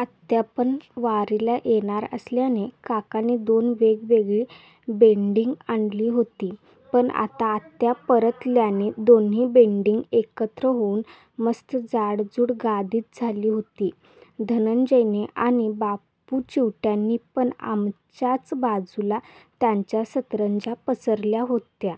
आत्यापण वारीला येणार असल्याने काकांनी दोन वेगवेगळी बेडींग आणली होती. पण आता आत्या परतल्याने दोन्ही बेडिंग एकत्र होउन मस्त जाडजूड गादीच झाली होती. धनंजयने आणि बापू चिवट्यांनी पण आमच्याच बाजूला त्यांच्या सतरंज्या पसरल्या होत्या.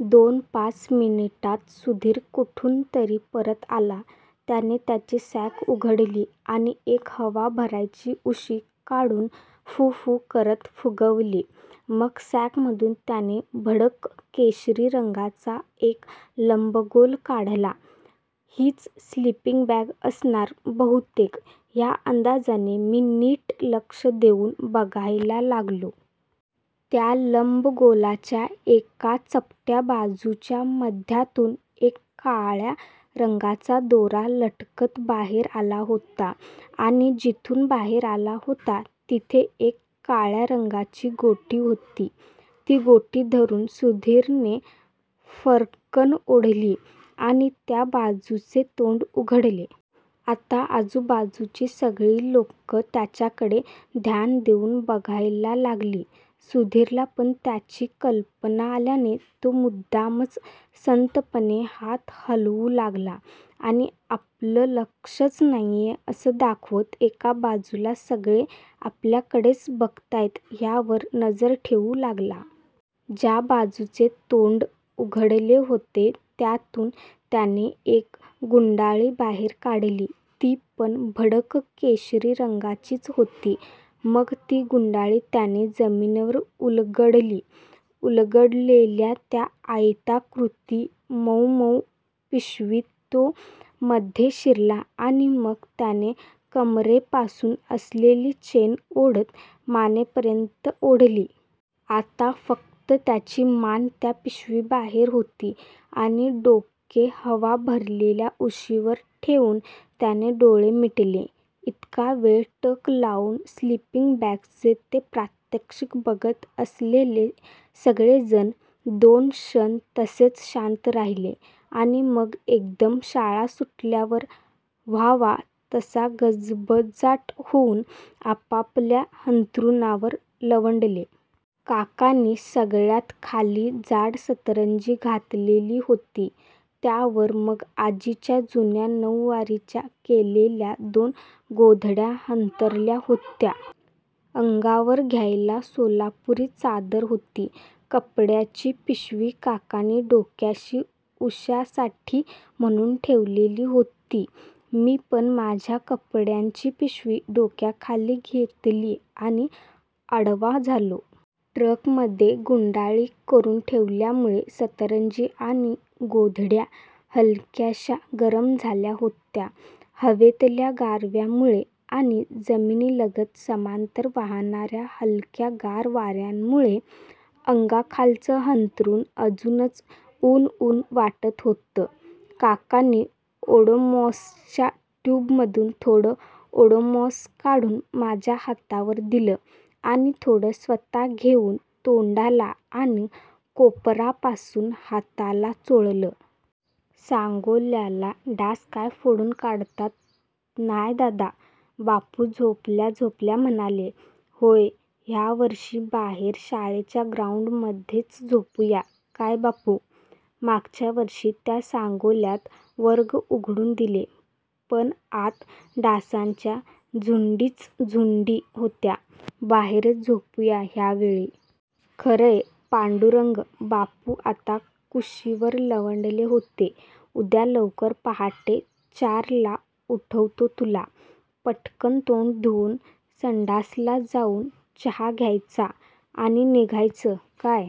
दोनपाच मिनिटात सुधीर कुठुनतरी परत आला. त्याने त्याची सॅक उघडली आणि एक हवा भरायची उशी काढून फू-फू करत फुगवली. मग सॅकमधून त्याने भडक केशरी रंगाचा एक लंबगोल काढला. हीच स्लीपिंग बॅग असणार बहुतेक ह्या अंदाजाने मी नीट लक्ष देउन बघायला लागलो. त्या लंबगोलाच्या एका चपट्या बाजूच्या मध्यातून एक काळ्या रंगाचा दोरा लटकत बाहेर आला होता आणि जिथून बाहेर आला होता तिथे एक काळ्या रंगाची गोटी होती. ती गोटी धरुन सुधीरने फर्रकन् ओढली आणि त्या बाजूचे तोंड उघडले. आता आजूबाजूची सगळी लोकं त्याच्याकडे ध्यान देउन बघायला लागली. सुधिरला पण त्याची कल्पना आल्याने तो मुद्दामच संथपणे हात हलवू लागला आणि आपलं लक्षच नाहिये असं दाखवत एका बाजूला सगळे आपल्याकडेच बघताहेत ह्यावर नजर ठेवू लागला. ज्या बाजूचे तोंड उघडले होते त्यातून त्याने एक गुंडाळी बाहेर काढली ती पण भडक केशरी रंगाचीच होती. मग ती गुंडाळी त्याने जमिनीवर उलगडली. उलगडलेल्या त्या आयताकृती मउमउ पिशवीत तो मध्ये शिरला आणि मग त्याने कमरेपासून असलेली चेन ओढत मानेपर्यंत ओढली. आता फक्त त्याची मान त्या पिशवीबाहेर होती आणि डोके हवा भरलेल्या उशीवर ठेवून त्याने डोळे मिटले. इतका वेळ टक लावून स्लिपींग बॅगचे ते प्रात्यक्षिक बघत असलेले सगळेजण दोन क्षण तसेच शांत राहिले आणि मग एकदम शाळा सुटल्यावर व्हावा तसा गजबजाट होउन आपापल्या अंथरुणांवर लवंडले. काकांनी सगळ्यात खाली जाड सतरंजी घातलेली होती. त्यावर मग आजीच्या जुन्या नउवारीच्या केलेल्या दोन गोधड्या अंथरल्या होत्या. अंगावर घ्यायला सोलापुरी चादर होती. कपड्याची पिशवी काकांनी डोक्याशी उश्यासाठी म्हणुन ठेवलेली होती. मी पण माझ्या कपड्याची पिशवी डोक्याखाली घेतली आणि आडवा झालो. ट्रकमध्ये गुंडाळी करुन ठेवल्यामुळे सतरंजी आणि गोधड्या हलक्याश्या गरम झाल्या होत्या. हवेतल्या गारव्यामुळे आणि जमिनीलगत समांतर वाहणार्या हलक्या गार वार्यामुळे अंगाखालचं अंथरुण अजूनच उन-उन वाटत होतं. काकांनी ओडोमॉसच्या ट्युबमधून थोडं ओडोमॉस काढून माझ्या हातावर दिलं आणि थोडं स्वत: घेउन तोंडाला आणि कोपरापासून हाताला चोळलं. सांगोल्याला डास काय फोडून काढतात न्हाय दादा, बापू झोपल्या झोपल्या म्हणाले. होय, ह्यावर्षी बाहेर शाळेच्या ग्राउंडमध्येच झोपुया, काय बापू. मागच्या वर्षी त्या सांगोल्यात वर्ग उघडून दिले पण आत डासांच्या झुंडीच झुंडी होत्या. बाहेरच झोपुया ह्या वेळी. खरय. पांडुरंग. बापू आता कुशीवर लवंडले होते. उद्या लवकर पहाटे चारला उठवतो तुला. पटकन तोंड धुउन, संडासला जावून, चहा घ्यायचा आणि निघायचं, काय.